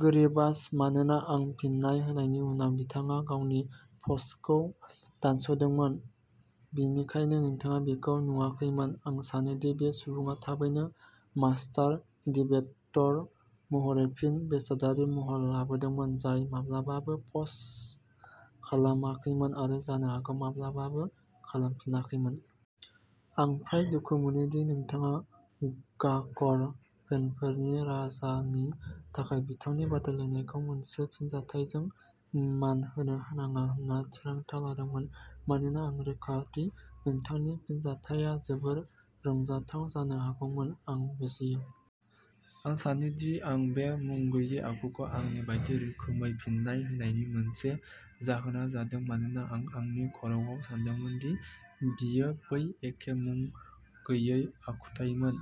गोरेबाश, मानोना आं फिननाय होनायनि उनाव बिथाङा गावनि पस्टखौ दानस'दोंमोन। बेनिखायनो नोंथाङा बेखौ नुवाखैमोन। आं सानो दि बे सुबुङा थाबैनो मास्टार डिबेट'र महरै फिन बेसादारि महर लादोंमोन, जाय माब्लाबाबो पस्ट खालामाखैमोन आरो जानो हागौ माब्लाबाबो खालामफिनाखैमोन। आं फ्राय दुखु मोनो दि नोंथाङा गार्ग फेनफोरनि राजा नि थाखाय बिथांनि बादायलायनायखौ मोनसे फिनजाथायजों मान होनो नाङा होनना थिरांथा लादोंमोन, मानोना आं रोखा दि नोंथांनि फिनजाथाया जोबोद रंजाथाव जानो हागौमोन। आं बुजियो। आं सानो दि आं बे मुं गैयै आखुखौ आंनि बायदि रोखोमै फिननाय होनायनि मोनसे जाहोना जादों मानोना आं आंनि खर'आव सानदोंमोन दि बेयो बै एखे मुं गैयै आखुथाइमोन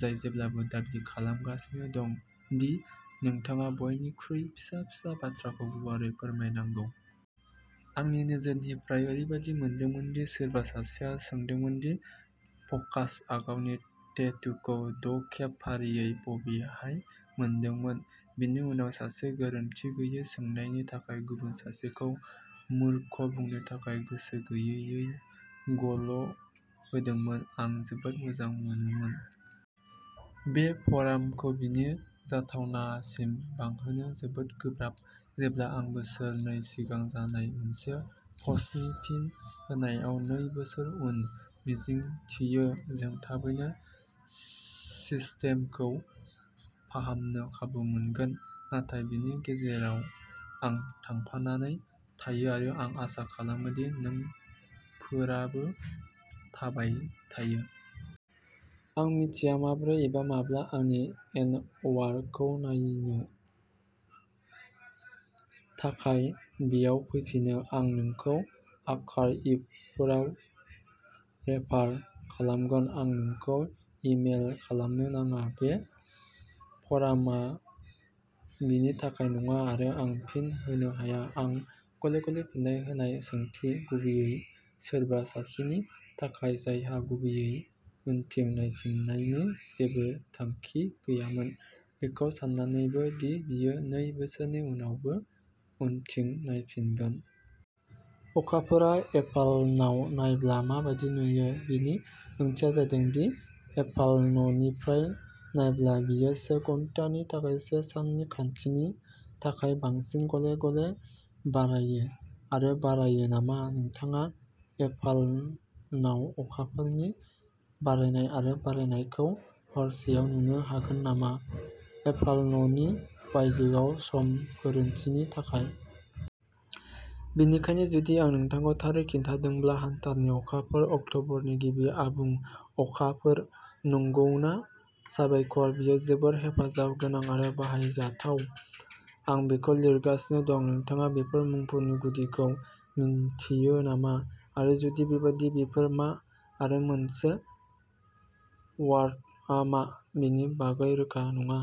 जाय जेब्लाबो दाबि खालामगासिनो दं दि नोंथाङा बयनिख्रुइ फिसा फिसा बाथ्राखौ गुवारै फोरमायनांगौ। आंनि नोजोरनिफ्राय, ओरैबायदि मोनदोंमोन दि सोरबा सासेया सोंदोंमोन दि फक्सआ गावनि टेटुखौ द'खेब फारियै बबेहाय मोनदोंमोन, बेनि उनाव सासे गोरोनथि गैयै सोंनायनि थाखाय गुबुन सासेखौ मूर्ख बुंनो थाखाय गोसो गैयै गल' होदोंमोन। आं जोबोद मोजां मोनोमोन। बे फ'रामखौ बेनि जाथावनासिम बांहोनो जोबोद गोब्राब, जेब्ला आं बोसोरनै सिगां जानाय मोनसे पस्टनि फिन होनायाव नै बोसोर उन। मिजिंथियो, जों थाबैनो सिस्टेमखौ फाहामनो खाबु मोनगोन। नाथाय बेनि गेजेराव, आं थांफानानै थायो आरो आं आसा खालामो दि नोंफोराबो थाबाय थायो। आं मिथिया माबोरै एबा माब्ला आंनि एनवारखौ नायनो थाखाय बेयाव फैफिनो। आं नोंखौ आर्काइभफोराव रेफार खालामगोन। आं नोंखौ इ मेइल खालामनो नाङा। बे फ'रामआ बेनि थाखाय नङा आरो आं फिन होनो हाया। आं गले-गले फिननाय होनाय सोंथि, गुबैयै सोरबा सासेनि थाखाय जायहा गुबैयै उनथिं नायफिन्नायनि जेबो थांखि गैयामोन, बेखौ सान्नानैबो दि बियो नै बोसोरनि उनावबो उनथिं नायफिगोन। अखाफोरआ एभाल'नाव नायब्ला मा बायदि नुयो? बिनि ओंथिया जादों दि एभाल'ननिफ्राय नायब्ला बेयो से घन्टानि थाखाय से साननि खान्थिनि थाखाय बांसिन गले-गले बारायो आरो बारायो नामा? नोंथाङा एभाल'नाव अखाफोरनि बारायनाय आरो बारायनायखौ हरसेआव नुनो हागोन नामा, एभाल'ननि बायजोआव सम गोख्रैथिनि थाखाय? बेनिखायनो, जुदि आं नोंथांखौ थारै खिन्थिदोंब्ला हान्टारनि अखाफोर अक्ट'बरनि गिबि आबुं अखाफोर। नंगौना? साबायखर। बेयो जोबोद हेफाजाब गोनां आरो बाहायजाथाव। आं बेखौ लिरगासिनो दं। नोंथाङा बेफोर मुंफोरनि गुदिखौ मिन्थियो नामा? आरो जुदि बेबादि, बेफोर मा? आरो मोनसे वर्टआ मा? बेनि बागै रोखा नङा।